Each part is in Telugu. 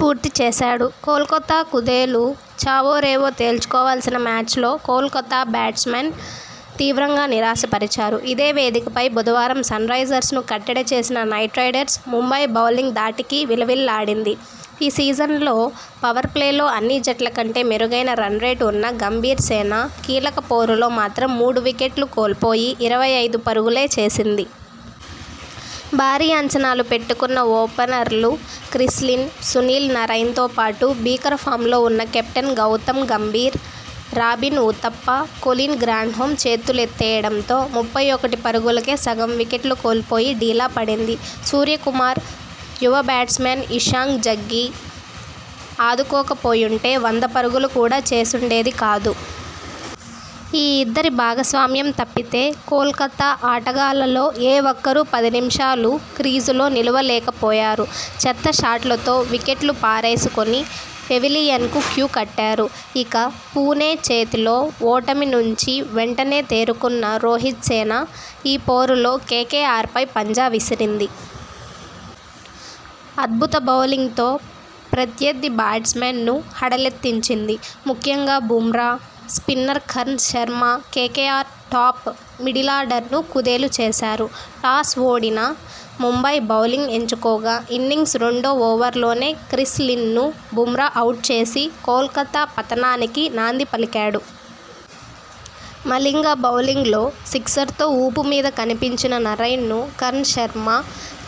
పూర్తి చేశాడు. కోల్కతా కుదేలు చావోరేవో తేల్చుకోవాల్సిన మ్యాచ్లో కోల్కతా బ్యాట్స్మెన్ తీవ్రంగా నిరాశ పరిచారు. ఇదే వేదికపై బుధవారం సన్రైజర్స్ను కట్టడి చేసిన నైట్రైడర్స్ ముంబై బౌలింగ్ ధాటికి విలవిల్లాడింది. ఈ సీజన్లో పవర్ప్లేలో అన్ని జట్ల కంటే మెరుగైన రన్రేట్ ఉన్న గంభీర్సేన కీలక పోరులో మాత్రం మూడు వికెట్లు కోల్పోయి ఇరవై ఐదు పరుగులే చేసింది. భారీ అంచనాలు పెట్టుకున్న ఓపెనర్లు క్రిస్ లిన్, సునీల్ నరైన్తో పాటు భీకర ఫామ్లో ఉన్న captain Gautam Gambhir, Robin Uthappa, Colin Grandhomme చేతులెత్తేయడంతో ముప్పై ఒకటి పరుగులకే సగం వికెట్లు కోల్పోయి డీలా పడింది. సూర్యకుమార్, యువ బ్యాట్స్మన్ ఇషాంక్ జగ్గీ ఆదుకోకపోయుంటే వంద పరుగులు కూడా చేసుండేది కాదు. ఈ ఇద్దరి భాగస్వామ్యం తప్పితే కోల్కతా ఆటగాళ్లలో ఏ ఒక్కరూ పది నిమిషాలు క్రీజులో నిలువ లేకపోయారు. చెత్త షాట్లతో వికెట్లు పారేసుకొని పెవిలియన్కు క్యూ కట్టారు. ఇక, పుణె చేతిలో ఓటమి నుంచి వెంటనే తేరుకున్న రోహిత్సేన ఈ పోరులో కేకేఆర్పై పంజా విసిరింది. అద్భుత బౌలింగ్తో ప్రత్యర్థి బ్యాట్స్మెన్ను హడె లెత్తించింది. ముఖ్యంగా Bumrah, spinner Karn Sharma KKR top, మిడిలార్డర్ను కుదేలు చేశారు. టాస్ ఓడిన ముంబై బౌలింగ్ ఎంచుకోగా ఇన్నింగ్స్ రెండో ఓవర్లోనే క్రిస్ లిన్ ను బుమ్రా అవుట్ చేసి కోల్కతా పతనానికి నాంది పలికాడు. మలింగ బౌలింగ్లో సిక్సర్తో ఊపు మీద కనిపించిన నరైన్ ను కర్ణ్ శర్మ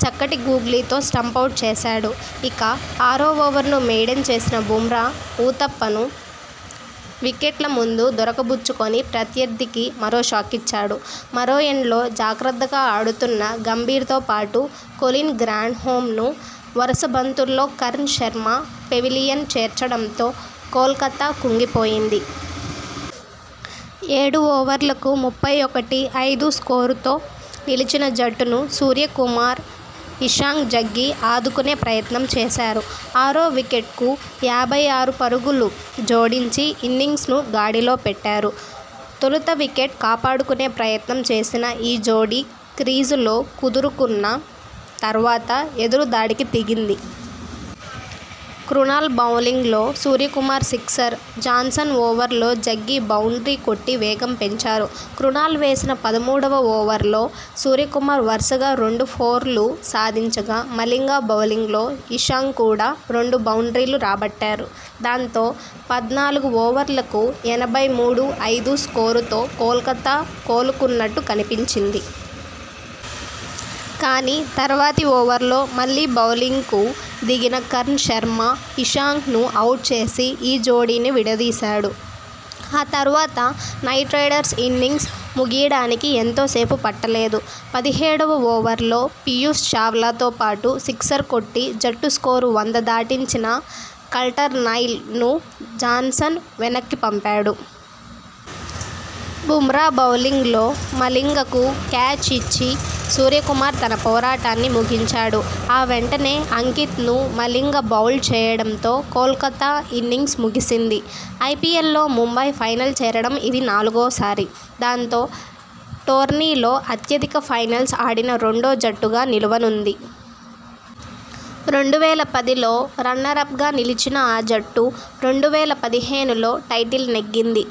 చక్కటి గూగ్లీతో స్టంపౌట్ చేశాడు. ఇక, ఆరో ఓవర్ను మెయిడెన్ చేసిన బుమ్రా ఊతప్ప ను వికెట్ల ముందు దొరక బుచ్చుకొని ప్రత్యర్థికి మరో షాకిచ్చాడు. మరో ఎండ్లో జాగ్రత్తగా ఆడుతున్న గంభీర్ తో పాటు కొలిన్ గ్రాండ్హోమ్ ను వరుస బంతుల్లో కర్ణ్ శర్మ పెవిలియన్ చేర్చడంతో కోల్కతా కుంగిపోయింది. ఏడు ఓవర్లకు ముప్పై ఒకటి, ఐదు స్కోరుతో నిలిచిన జట్టును సూర్యకుమార్, ఇషాంక్ జగ్గీ ఆదుకునే ప్రయత్నం చేశారు. ఆరో వికెట్కు యాభై ఆరు పరుగులు జోడించి ఇన్నింగ్స్ను గాడిలో పెట్టారు. తొలుత వికెట్ కాపాడుకునే ప్రయత్నం చేసిన ఈ జోడీ క్రీజులో కుదురుకున్న తర్వాత ఎదురు దాడికి దిగింది. క్రునాల్ బౌలింగ్లో సూర్యకుమార్ సిక్సర్, జాన్సన్ ఓవర్లో జగ్గీ బౌండ్రీ కొట్టి వేగం పెంచారు. క్రునాల్ వేసిన పదమూడువ ఓవర్లో సూర్యకుమార్ వరుసగా రెండు ఫోర్లు సాధించగా మలింగ బౌలింగ్లో ఇషాంక్ కూడా రెండు బౌండ్రీలు రాబట్టాడు. దాంతో పద్నాలుగు ఓవర్లకు ఎనభై మూడు, ఐదు స్కోరుతో కోల్కతా కోలుకున్నట్టు కనిపించింది. కానీ, తర్వాతి ఓవర్లో మళ్లీ బౌలింగ్కు దిగిన కర్ణ్ శర్మ ఇషాంక్ను అవుట్ చేసి ఈ జోడీని విడదీశాడు. ఆ తర్వాత నైట్ రైడర్స్ ఇన్నింగ్స్ ముగియడానికి ఎంతో సేపు పట్టలేదు. పదిహేడువ ఓవర్లో పియూష్ చావ్లా తో పాటు సిక్సర్ కొట్టి జట్టు స్కోరు వంద దాటించిన కల్టర్నైల్ ను జాన్సన్ వెనక్కిపంపాడు. బుమ్రా బౌలింగ్లో మలింగకు క్యాచ్ ఇచ్చి సూర్యకుమార్ తన పోరాటాన్ని ముగించాడు. ఆ వెంటనే అంకిత్ ను మలింగ బౌల్డ్ చేయడంతో కోల్కతా ఇన్నింగ్స్ ముగిసింది. ఐపీఎల్లో ముంబై ఫైనల్ చేరడం ఇది నాలుగోసారి. దాంతో, టోర్నీలో అత్యధిక ఫైనల్స్ ఆడిన రెండో జట్టుగా నిలవనుంది. రెండు వేల పదిలో రన్నరప్గా నిలిచిన ఆ జట్టు, రెండు వేల పదిహేనులో టైటిల్ నెగ్గింది.